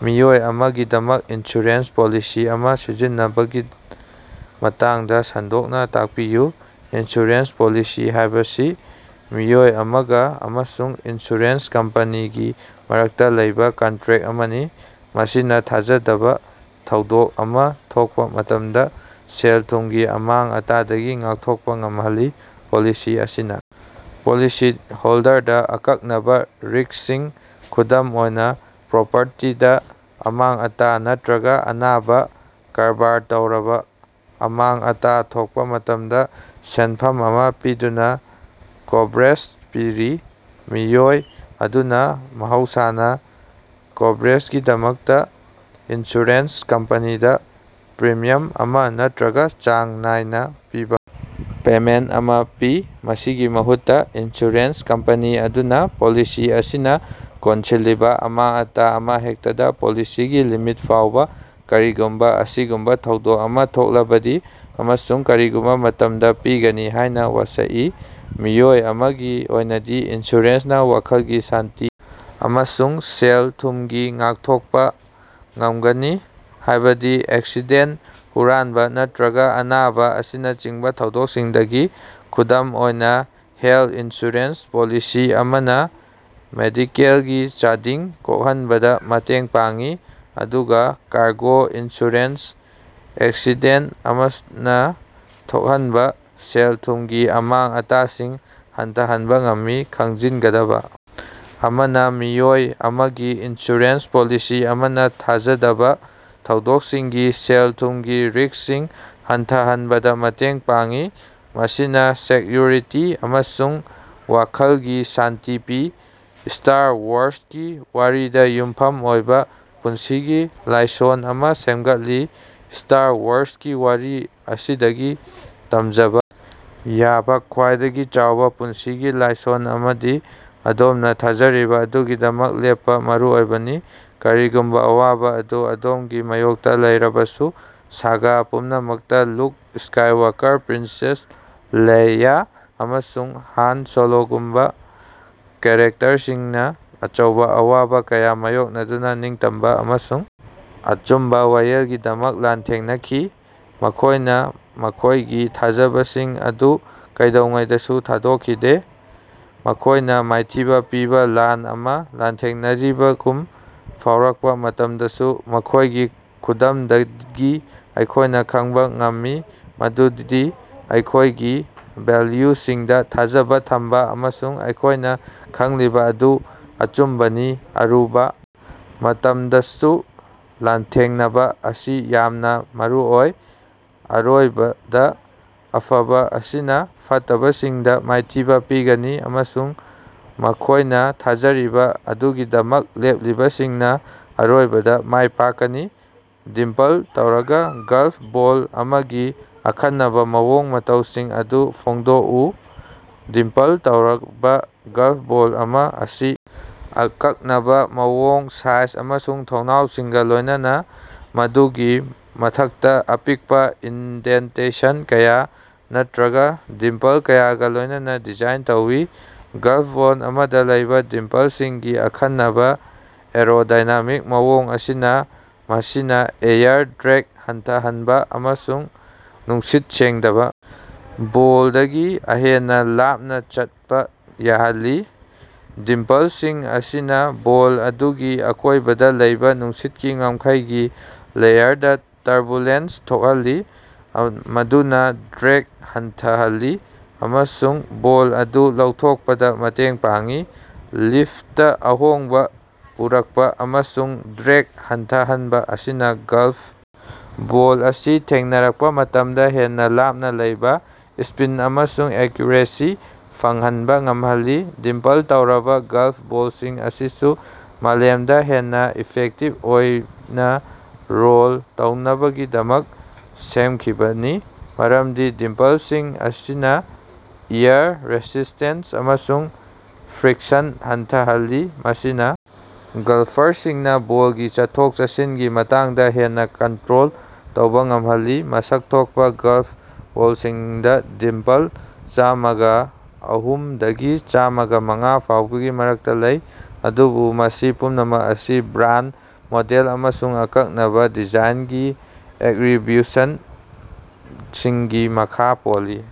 ꯃꯤꯑꯣꯏ ꯑꯃꯒꯤꯗꯃꯛ insurance policy ꯑꯃ ꯁꯤꯖꯤꯟꯅꯕꯒꯤ ꯃꯇꯥꯡꯗ ꯁꯟꯗꯣꯛꯅ ꯇꯥꯛꯄꯤꯌꯨ꯫ ꯏꯟꯁꯨꯔꯦꯟꯁ ꯄꯣꯂꯤꯁꯤ ꯍꯥꯏꯕꯁꯤ ꯃꯤꯑꯣꯏ ꯑꯃꯒ ꯑꯃꯁꯨꯡ ꯏꯟꯁꯨꯔꯦꯟꯁ ꯀꯝꯄꯅꯤꯒꯤ ꯃꯔꯛꯇ ꯂꯩꯕ ꯀꯟꯇꯔꯦꯠ ꯑꯃꯅꯤ꯫ ꯃꯁꯤꯅ ꯊꯥꯖꯗꯕ ꯊꯧꯗꯣꯛ ꯑꯃ ꯊꯣꯛꯄ ꯃꯇꯝꯗ ꯁꯦꯜ-ꯊꯨꯝꯒꯤ ꯑꯃꯥꯡ-ꯑꯇꯥꯗꯒꯤ ꯉꯥꯛꯊꯣꯛꯄ ꯉꯝꯍꯜꯂꯤ꯫ ꯄꯣꯂꯤꯁꯤ ꯑꯁꯤꯅ ꯄꯣꯂꯤꯁꯤ ꯍꯣꯜꯗꯔꯗ ꯑꯀꯛꯅꯕ ꯔꯤꯛꯁ ꯁꯤꯡ ꯈꯨꯗꯝ ꯑꯣꯏꯅ ꯄ꯭ꯔꯣꯄꯔꯇꯤꯗ ꯑꯃꯥꯡ-ꯑꯇꯥ ꯅꯠꯇꯔꯒ ꯑꯅꯥꯕ, ꯀꯔꯚꯔ ꯇꯧꯔꯕ ꯑꯃꯥꯡ-ꯑꯇꯥ ꯊꯣꯛꯄ ꯃꯇꯝꯗ ꯁꯦꯟꯐꯝ ꯑꯃ ꯄꯤꯗꯨꯅ ꯀꯣꯚꯔꯦꯖ ꯄꯤꯔꯤ꯫ ꯃꯤꯑꯣꯏ ꯑꯗꯨꯅ ꯃꯍꯧꯁꯥꯅ ꯀꯣꯚꯔꯦꯖꯒꯤꯗꯃꯛꯇ ꯏꯟꯁꯨꯔꯦꯟꯁ ꯀꯝꯄꯅꯤꯗ ꯄ꯭ꯔꯤꯃꯤꯌꯝ ꯑꯃ ꯅꯠꯇꯔꯒ ꯆꯥꯡ ꯅꯥꯏꯅ ꯄꯤꯕ ꯄꯦꯃꯦꯟ ꯑꯃ ꯄꯤ꯫ ꯃꯁꯤꯒꯤ ꯃꯍꯨꯠꯇ, ꯏꯟꯁꯨꯔꯦꯟꯁ ꯀꯝꯄꯅꯤ ꯑꯗꯨꯅ ꯄꯣꯂꯤꯁꯤ ꯑꯁꯤꯅ ꯀꯣꯟꯁꯤꯜꯂꯤꯕ ꯑꯃꯥꯡ-ꯑꯇꯥ ꯑꯃꯍꯦꯛꯇꯗ, ꯄꯣꯂꯤꯁꯤꯒꯤ ꯂꯤꯃꯤꯠ ꯐꯥꯎꯕ ꯀꯔꯤꯒꯨꯝꯕ ꯑꯁꯤꯒꯨꯝꯕ ꯊꯧꯗꯣꯛ ꯑꯃ ꯊꯣꯛꯂꯕꯗꯤ ꯑꯃꯁꯨꯡ ꯀꯔꯤꯒꯨꯝꯕ ꯃꯇꯝꯗ ꯄꯤꯒꯅꯤ ꯍꯥꯏꯅ ꯋꯥꯁꯛꯏ꯫ ꯃꯤꯑꯣꯏ ꯑꯃꯒꯤ ꯑꯣꯏꯅꯗꯤ, ꯏꯟꯁꯨꯔꯦꯟꯁꯅ ꯋꯥꯈꯜꯒꯤ ꯁꯥꯟꯇꯤ ꯑꯃꯁꯨꯡ ꯁꯦꯜ-ꯊꯨꯝꯒꯤ ꯉꯥꯛꯊꯣꯛꯄ ꯉꯝꯒꯅꯤ, ꯍꯥꯏꯕꯗꯤ ꯑꯦꯛꯁꯤꯗꯦꯟ, ꯍꯨꯔꯥꯟꯕ ꯅꯠꯇꯔꯒ ꯑꯅꯥꯕ ꯑꯁꯤꯅꯆꯤꯡꯕ ꯊꯧꯗꯣꯛꯁꯤꯡꯗꯒꯤ꯫ ꯈꯨꯗꯝ ꯑꯣꯏꯅ, ꯍꯦꯂꯊ ꯏꯟꯁꯨꯔꯦꯟꯁ ꯄꯣꯂꯤꯁꯤ ꯑꯃꯅ ꯃꯦꯗꯤꯀꯦꯜꯒꯤ ꯆꯥꯗꯤꯡ ꯀꯣꯛꯍꯟꯕꯗ ꯃꯇꯦꯡ ꯄꯥꯡꯏ, ꯑꯗꯨꯒ ꯀꯥꯔꯒꯣ ꯏꯟꯁꯨꯔꯦꯟꯁꯅ ꯑꯦꯛꯁꯤꯗꯦꯟꯇ ꯑꯃꯅ ꯊꯣꯛꯍꯟꯕ ꯁꯦꯜ-ꯊꯨꯝꯒꯤ ꯑꯃꯥꯡ-ꯑꯇꯥꯁꯤꯡ ꯍꯟꯊꯍꯟꯕ ꯉꯝꯃꯤ꯫ ꯈꯪꯖꯤꯟꯒꯗꯕꯥ ꯑꯃꯅ ꯃꯤꯑꯣꯏ ꯑꯃꯒꯤ ꯏꯟꯁꯨꯔꯦꯟꯁ ꯄꯣꯂꯤꯁꯤ ꯑꯃꯅ ꯊꯥꯖꯗꯕ ꯊꯧꯗꯣꯛꯁꯤꯡꯒꯤ ꯁꯦꯜ-ꯊꯨꯝꯒꯤ ꯔꯤꯛꯁꯁꯤꯡ ꯍꯟꯊꯍꯟꯕꯗ ꯃꯇꯦꯡ ꯄꯥꯡꯏ, ꯃꯁꯤꯅꯥ ꯁꯦꯛꯌꯨꯔꯤꯇꯤ ꯑꯃꯁꯨꯡ ꯋꯥꯈꯜꯒꯤ ꯁꯥꯟꯇꯤ ꯄꯤ꯫ ꯁ꯭ꯇꯥꯔ ꯋꯥꯔꯁꯀꯤ ꯋꯥꯔꯤꯗ ꯌꯨꯝꯐꯝ ꯑꯣꯏꯕ ꯄꯨꯟꯁꯤꯒꯤ ꯂꯥꯏꯁꯣꯟ ꯑꯃ ꯁꯦꯝꯒꯠꯂꯤ꯫ ꯁ꯭ꯇꯥꯔ ꯋꯥꯔꯁꯀꯤ ꯋꯥꯔꯤ ꯑꯁꯤꯗꯒꯤ ꯇꯝꯖꯕ ꯌꯥꯕ ꯈ꯭ꯋꯥꯏꯗꯒꯤ ꯆꯥꯎꯕ ꯄꯨꯟꯁꯤꯒꯤ ꯂꯥꯏꯁꯣꯟ ꯑꯃꯗꯤ ꯑꯗꯣꯝꯅ ꯊꯥꯖꯔꯤꯕ ꯑꯗꯨꯒꯤꯗꯃꯛ ꯂꯦꯞꯄ ꯃꯔꯨꯑꯣꯏꯕꯅꯤ꯫ ꯀꯔꯤꯒꯨꯝꯕ ꯑꯋꯥꯕ ꯑꯗꯨ ꯑꯗꯣꯝꯒꯤ ꯃꯥꯏꯌꯣꯛꯇ ꯂꯩꯔꯕꯁꯨ꯫ ꯁꯥꯒꯥ ꯄꯨꯝꯅꯃꯛꯇ ꯂꯨꯛ ꯁ꯭ꯀꯥꯏꯋꯥꯀꯔ, ꯄ꯭ꯔꯤꯟꯁꯦꯁ ꯂꯦꯏꯌꯥ, ꯑꯃꯁꯨꯡ ꯍꯥꯟ ꯁꯣꯂꯣꯒꯨꯝꯕ ꯀꯦꯔꯦꯛꯇꯔꯁꯤꯡꯅ ꯑꯆꯧꯕ ꯑꯋꯥꯕ ꯀꯌꯥ ꯃꯥꯌꯣꯛꯅꯗꯨꯅ ꯅꯤꯡꯇꯝꯕ ꯑꯃꯁꯨꯡ ꯑꯆꯨꯝꯕ ꯋꯥꯌꯦꯜꯒꯤꯗꯃꯛ ꯂꯥꯟꯊꯦꯡꯅꯈꯤ꯫ ꯃꯈꯣꯏꯅ ꯃꯈꯣꯏꯒꯤ ꯊꯥꯖꯕꯁꯤꯡ ꯑꯗꯨ ꯀꯩꯗꯧꯉꯩꯗꯁꯨ ꯊꯥꯗꯣꯛꯈꯤꯗꯦ꯫ ꯃꯈꯣꯏꯅ ꯃꯥꯏꯊꯤꯕ ꯄꯤꯕ ꯂꯥꯟ ꯑꯃ ꯂꯥꯟꯊꯦꯡꯅꯔꯤꯕꯒꯨꯝ ꯐꯥꯎꯔꯛꯄ ꯃꯇꯝꯗꯁꯨ ꯃꯈꯣꯏꯒꯤ ꯈꯨꯗꯝꯗꯒꯤ ꯑꯩꯈꯣꯏꯅ ꯈꯪꯕ ꯉꯝꯃꯤ ꯃꯗꯨꯗꯤ ꯑꯩꯈꯣꯏꯒꯤ ꯚꯦꯜꯌꯨꯁꯤꯡꯗꯥ ꯊꯥꯖꯕ ꯊꯝꯕ ꯑꯃꯁꯨꯡ ꯑꯩꯈꯣꯏꯅ ꯈꯪꯂꯤꯕ ꯑꯗꯨ ꯑꯆꯨꯝꯕꯅꯤ, ꯑꯔꯨꯕꯥ ꯃꯇꯝꯗꯁꯨ ꯂꯥꯟꯊꯦꯡꯅꯕ ꯑꯁꯤ ꯌꯥꯝꯅ ꯃꯔꯨꯑꯣꯏ꯫ ꯑꯔꯣꯏꯕꯗ ꯑꯐꯕ ꯑꯁꯤꯅ ꯐꯠꯇꯕꯁꯤꯡꯕꯨ ꯃꯥꯏꯊꯤꯕ ꯄꯤꯒꯅꯤ ꯑꯃꯁꯨꯡ ꯃꯈꯣꯏꯅ ꯊꯥꯖꯔꯤꯕ ꯑꯗꯨꯒꯤꯗꯃꯛ ꯂꯦꯞꯂꯤꯕꯁꯤꯡꯅ ꯑꯔꯣꯏꯕꯗ ꯃꯥꯏꯄꯥꯛꯀꯅꯤ꯫ ꯗꯤꯝꯄꯜ ꯇꯧꯔꯕ ꯒꯜꯐ ꯕꯣꯜ ꯑꯃꯒꯤ ꯑꯈꯟꯅꯕ ꯃꯑꯣꯡ-ꯃꯇꯧꯁꯤꯡ ꯑꯗꯨ ꯐꯣꯡꯗꯣꯛꯎ꯫ ꯗꯤꯝꯄꯜ ꯇꯧꯔꯕ ꯒꯜꯐ ꯕꯣꯜ ꯑꯃ ꯑꯁꯤ ꯑꯀꯛꯅꯕ ꯃꯑꯣꯡ, ꯁꯥꯏꯖ ꯑꯃꯁꯨꯡ ꯊꯣꯡꯅꯥꯎꯁꯤꯡꯒ ꯂꯣꯏꯅꯅ ꯃꯗꯨꯒꯤ ꯃꯊꯛꯇ ꯑꯄꯤꯛꯄ ꯏꯟꯗꯦꯟꯇꯦꯁꯟ ꯀꯌꯥ, ꯅꯠꯇꯔꯒ ꯗꯤꯝꯄꯜ ꯀꯌꯥꯒ ꯂꯣꯏꯅꯅ ꯗꯤꯖꯥꯏꯟ ꯇꯧꯏ꯫ ꯒꯜꯐ ꯕꯣꯜ ꯑꯃꯗ ꯂꯩꯕ ꯗꯤꯝꯄꯜꯁꯤꯡꯒꯤ ꯑꯈꯟꯅꯕ ꯑꯦꯔꯣꯗꯥꯏꯅꯥꯃꯤꯛ ꯃꯑꯣꯡ ꯑꯁꯤꯅ ꯃꯁꯤꯅ ꯑꯦꯌꯔ ꯗ꯭ꯔꯦꯒ ꯍꯟꯊꯍꯟꯕ ꯑꯃꯁꯨꯡ ꯅꯨꯡꯁꯤꯠ ꯁꯦꯡꯗꯕ ꯕꯣꯜꯗꯒꯤ ꯑꯍꯦꯟꯅ ꯂꯥꯞꯅ ꯆꯠꯄ ꯌꯥꯍꯜꯂꯤ꯫ ꯗꯤꯝꯄꯜꯁꯤꯡ ꯑꯁꯤꯅ ꯕꯣꯜ ꯑꯗꯨꯒꯤ ꯑꯀꯣꯏꯕꯗ ꯂꯩꯕ ꯅꯨꯡꯁꯤꯠꯀꯤ ꯉꯝꯈꯩꯒꯤ ꯂꯦꯌꯔꯗꯥ ꯇꯔꯕꯨꯂꯦꯟꯁ ꯊꯣꯛꯍꯜꯂꯤ ꯃꯗꯨꯅ ꯗ꯭ꯔꯦꯒ ꯍꯟꯊꯍꯜꯂꯤ ꯑꯃꯁꯨꯡ ꯕꯣꯜ ꯑꯗꯨ ꯂꯧꯊꯣꯛꯄꯗ ꯃꯇꯦꯡ ꯄꯥꯡꯏ꯫ ꯂꯤꯐꯠꯇ ꯑꯍꯣꯡꯕ ꯄꯨꯔꯛꯄ ꯑꯃꯁꯨꯡ ꯗ꯭ꯔꯦꯒ ꯍꯟꯊꯍꯟꯕ ꯑꯁꯤꯅ ꯒꯜꯐ ꯕꯣꯜ ꯑꯁꯤ ꯊꯦꯡꯅꯔꯛꯄ ꯃꯇꯝꯗ ꯍꯦꯟꯅ ꯂꯥꯞꯅ ꯂꯩꯕ, ꯁ꯭ꯄꯤꯟ ꯑꯃꯁꯨꯡ ꯑꯦꯛꯌꯨꯔꯦꯁꯤ ꯐꯪꯍꯟꯕ ꯉꯝꯍꯜꯂꯤ꯫ ꯗꯤꯝꯄꯜ ꯇꯧꯔꯕ ꯒꯜꯐ ꯕꯣꯜꯁꯤꯡ ꯑꯁꯤꯁꯨ ꯃꯥꯂꯦꯝꯗ ꯍꯦꯟꯅ ꯏꯐꯦꯛꯇꯤꯕ ꯑꯣꯏꯅ ꯔꯣꯜ ꯇꯧꯅꯕꯒꯤꯗꯃꯛ ꯁꯦꯝꯈꯤꯕꯅꯤ, ꯃꯔꯝꯗꯤ ꯗꯤꯝꯄꯜꯁꯤꯡ ꯑꯁꯤꯅ ꯑꯦꯌꯔ ꯔꯦꯁꯤꯁ꯭ꯇꯦꯟꯁ ꯑꯃꯁꯨꯡ ꯐ꯭ꯔꯤꯛꯁꯟ ꯍꯟꯊꯍꯜꯂꯤ, ꯃꯁꯤꯅ ꯒꯜꯐꯔꯁꯤꯡꯅ ꯕꯣꯜꯒꯤ ꯆꯠꯊꯣꯛ-ꯆꯠꯁꯤꯟꯒꯤ ꯃꯇꯥꯡꯗ ꯍꯦꯟꯅ ꯀꯟꯇꯔꯣꯜ ꯇꯧꯕ ꯉꯝꯍꯜꯂꯤ꯫ ꯃꯁꯛ ꯊꯣꯛꯄ ꯒꯜꯐ ꯕꯣꯜꯁꯤꯡꯗ ꯗꯤꯝꯄꯜ ꯆꯥꯃꯒ ꯑꯍꯨꯝ ꯗꯒꯤ ꯆꯥꯃꯒꯃꯉꯥ ꯐꯥꯎꯕꯒꯤ ꯃꯔꯛꯇ ꯂꯩ, ꯑꯗꯨꯕꯨ ꯃꯁꯤ ꯄꯨꯝꯅꯃꯛ ꯑꯁꯤ ꯕ꯭ꯔꯥꯟꯗ, ꯃꯣꯗꯦꯜ ꯑꯃꯁꯨꯡ ꯑꯀꯛꯅꯕ ꯗꯤꯖꯥꯏꯅꯒꯤ ꯑꯦꯠꯔꯤꯕ꯭ꯌꯨꯁꯟꯁꯤꯡꯒꯤ ꯃꯈꯥ ꯄꯣꯜꯂꯤ꯫